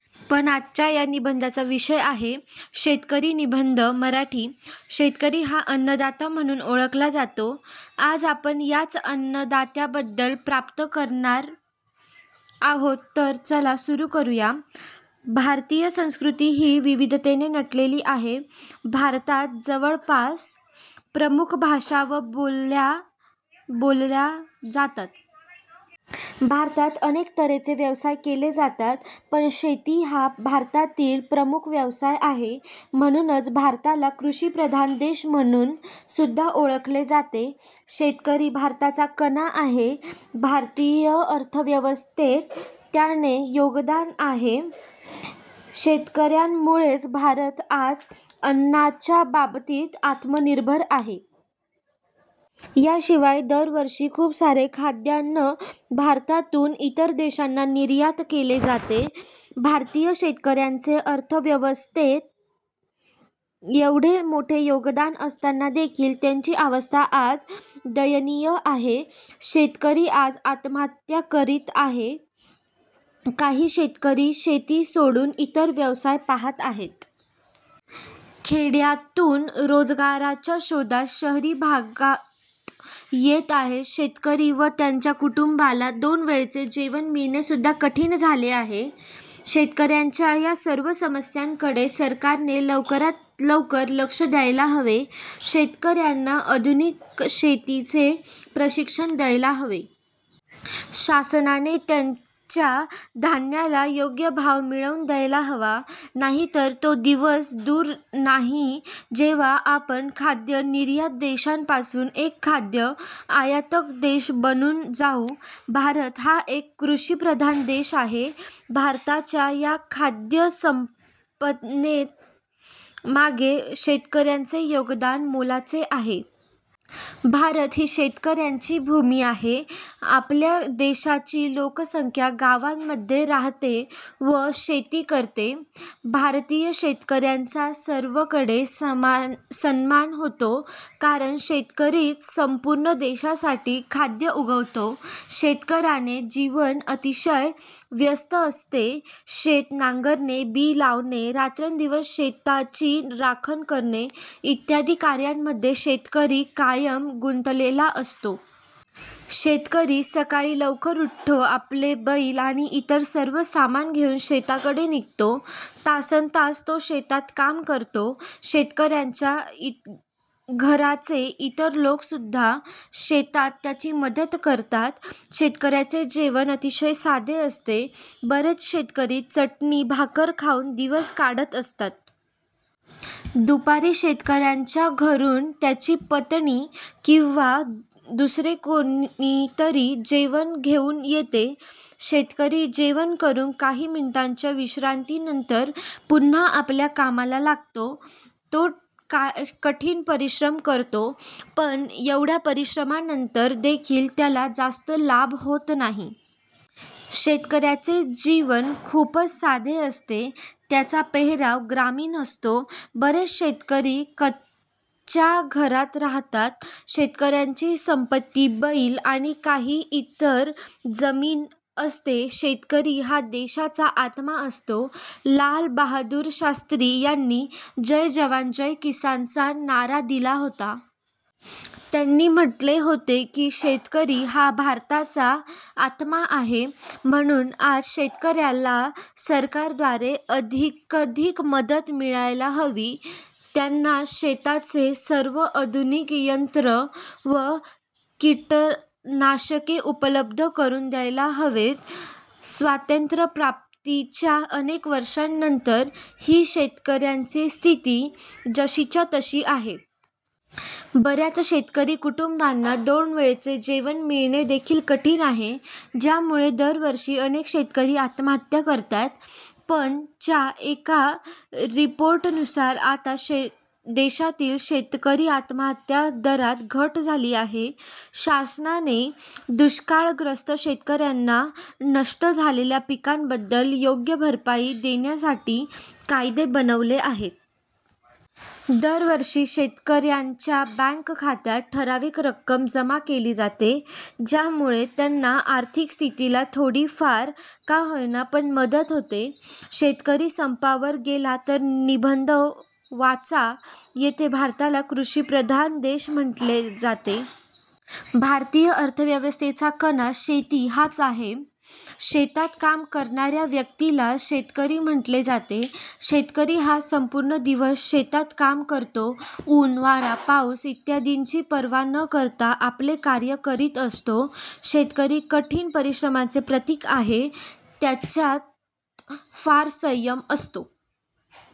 पण आजच्या या निबंधाचा विषय आहे शेतकरी निबंध मराठी. शेतकरी हा अन्नदाता म्हणून ओळखला जातो. आज आपण याच अन्नदात्याबद्दल प्राप्त करणार आहोत तर चला सुरू करुया. भारतीय संस्कृती ही विविधतेने नटलेली आहे. भारतात जवळपास प्रमुख भाषा व बोल्या बोलल्या जातात. भारतात अनेक तऱ्हेचे व्यवसाय केले जातात. पण शेती हा भारतातील प्रमुख व्यवसाय आहे. म्हणूनच भारताला 'कृषी प्रधान देश' म्हणून सुद्धा ओळखले जाते. शेतकरी भारताचा कणा आहेत. भारतीय अर्थव्यवस्थेत त्याचे योगदान आहे. शेतकऱ्यांमुळेच भारत आज अन्नाच्या बाबतीत आत्मनिर्भर आहे. या शिवाय दर वर्षी खूप सारे खाद्यान्न भारतातून इतर देशांना निर्यात केले जाते. भारतीय शेतकऱ्याचे अर्थव्यवस्थेत येवढे मोठे योगदान असताना देखील त्याची अवस्था आज दयनीय आहे. शेतकरी आज आत्महत्या करीत आहेत. काही शेतकरी शेती सोडून इतर व्यवसाय पाहत आहेत. खेड्यातून रोजगाराच्या शोधात शहरी भागात येत आहेत. शेतकरी व त्यांच्या कुटुंबाला दोन वेळेचे जेवण मिळणे सुद्धा कठीण झाले आहे. शेतकऱ्यांच्या या सर्व समस्यांकडे सरकारने लवकरात लवकर लक्ष द्यायला हवे. शेतकऱ्यांना आधुनिक शेतीचे प्रशिक्षण द्यायला हवे. शासनाने त्यांच्या धान्याला योग्य भाव मिळवून द्यायला हवा. नाहीतर तो दिवस दूर नाही जेव्हा आपण खाद्य निर्यात देशापासून एक खाद्य आयातक देश बनून जाऊ. भारत हा एक कृषी प्रधान देश आहे. भारताच्या या खाद्य संपन्नते मागे शेतकऱ्याचे योगदान मोलाचे आहे. भारत ही शेतकऱ्याची भूमी आहे. आपल्या देशाची लोकसंख्या गावामध्ये राहते व शेती करते. भारतीय शेतकऱ्याचा सर्वकडे सन्मान होतो. कारण शेतकरीच संपूर्ण देशासाठी खाद्य उगवतो. शेतकऱ्याचे जीवन अतिशय व्यस्त असते. शेत नांगरणे, बी लावणे, रात्रंदिवस शेताची राखण करणे इत्यादी कार्यामध्ये शेतकरी कायम गुंतलेला असतो. शेतकरी सकाळी लवकर उठतो आपले बैल आणि इतर सर्व सामान घेऊन शेताकडे निघतो. तासनतास तो शेतात काम करतो. शेतकऱ्यांच्या घराचे इतर लोक सुद्धा शेतात त्याची मदत करतात. शेतकऱ्याचे जेवण अतिशय साधे असते. बरेच शेतकरी चटणी भाकर खाऊन दिवस काढत असतात. दुपारी शेतकऱ्यांच्या घरून त्याची पत्नी किंवा दुसरे कोणीतरी जेवण घेऊन येते. शेतकरी जेवण करून काही मिनिटांच्या विश्रांती नंतर पुन्हा आपल्या कामाला लागतो. तो कठीण परिश्रम करतो. पण एवढ्या परिश्रमानंतर देखील त्याला जास्त लाभ होत नाही. शेतकऱ्याचे जीवन खूपच साधे असते. त्याचा पेहराव ग्रामीण असतो. बरेच शेतकरी कच्या घरात राहतात. शेतकऱ्याची संपत्ती बैल आणि काही एकर जमीन असते. शेतकरी हा देशाची आत्मा असतो. लाल बहादूर शास्त्री यांनी 'जय जवान जय किसान' चा नारा दिला होता. त्यांनी म्हटले होते की शेतकरी हा भारताचा आत्मा आहे. म्हणून आज शेतकऱ्याला सरकार द्वारे अधिकाधिक मदत मिळायला हवी. त्यांना शेताचे सर्व आधुनिक यंत्र व कीटनाशके उपलब्ध करून द्यायला हवेत. स्वातंत्र्यप्राप्तीच्या अनेक वर्षांनंतर ही शेतकऱ्यांची स्थिती जशीच्या तशी आहे. बऱ्याच शेतकरी कुटुंबांना दोन वेळचे जेवण मिळणे देखील कठीण आहे. ज्यामुळे दरवर्षी अनेक शेतकरी आत्महत्या करतात. पण च्या एका रिपोर्टनुसार आता देशातील शेतकरी आत्महत्या दरात घट झाली आहे. शासनाने दुष्काळग्रस्त शेतकऱ्यांना नष्ट झालेल्या पिकाबद्दल योग्य भरपाई देण्यासाठी कायदे बनवले आहेत. दरवर्षी शेतकऱ्यांच्या बँक खात्यात ठराविक रक्कम जमा केली जाते. ज्यामुळे त्यांच्या आर्थिक स्थितीला थोडी फार का होईना पण मदत होते. शेतकरी संपावर गेला तर निबंध वाचा येथे भारताला कृषी प्रधान देश म्हटले जाते. भारतीय अर्थव्यवस्थेचा कणा शेती हाच आहे. शेतात काम करणाऱ्या व्यक्तीला शेतकरी म्हटले जाते. शेतकरी हा संपूर्ण दिवस शेतात काम करतो. ऊन, वारा, पाऊस इत्यादींची पर्वा न करता आपले कार्य करीत असतो. शेतकरी कठीण परिश्रमाचे प्रतीक आहे. त्याच्यात फार संयम असतो.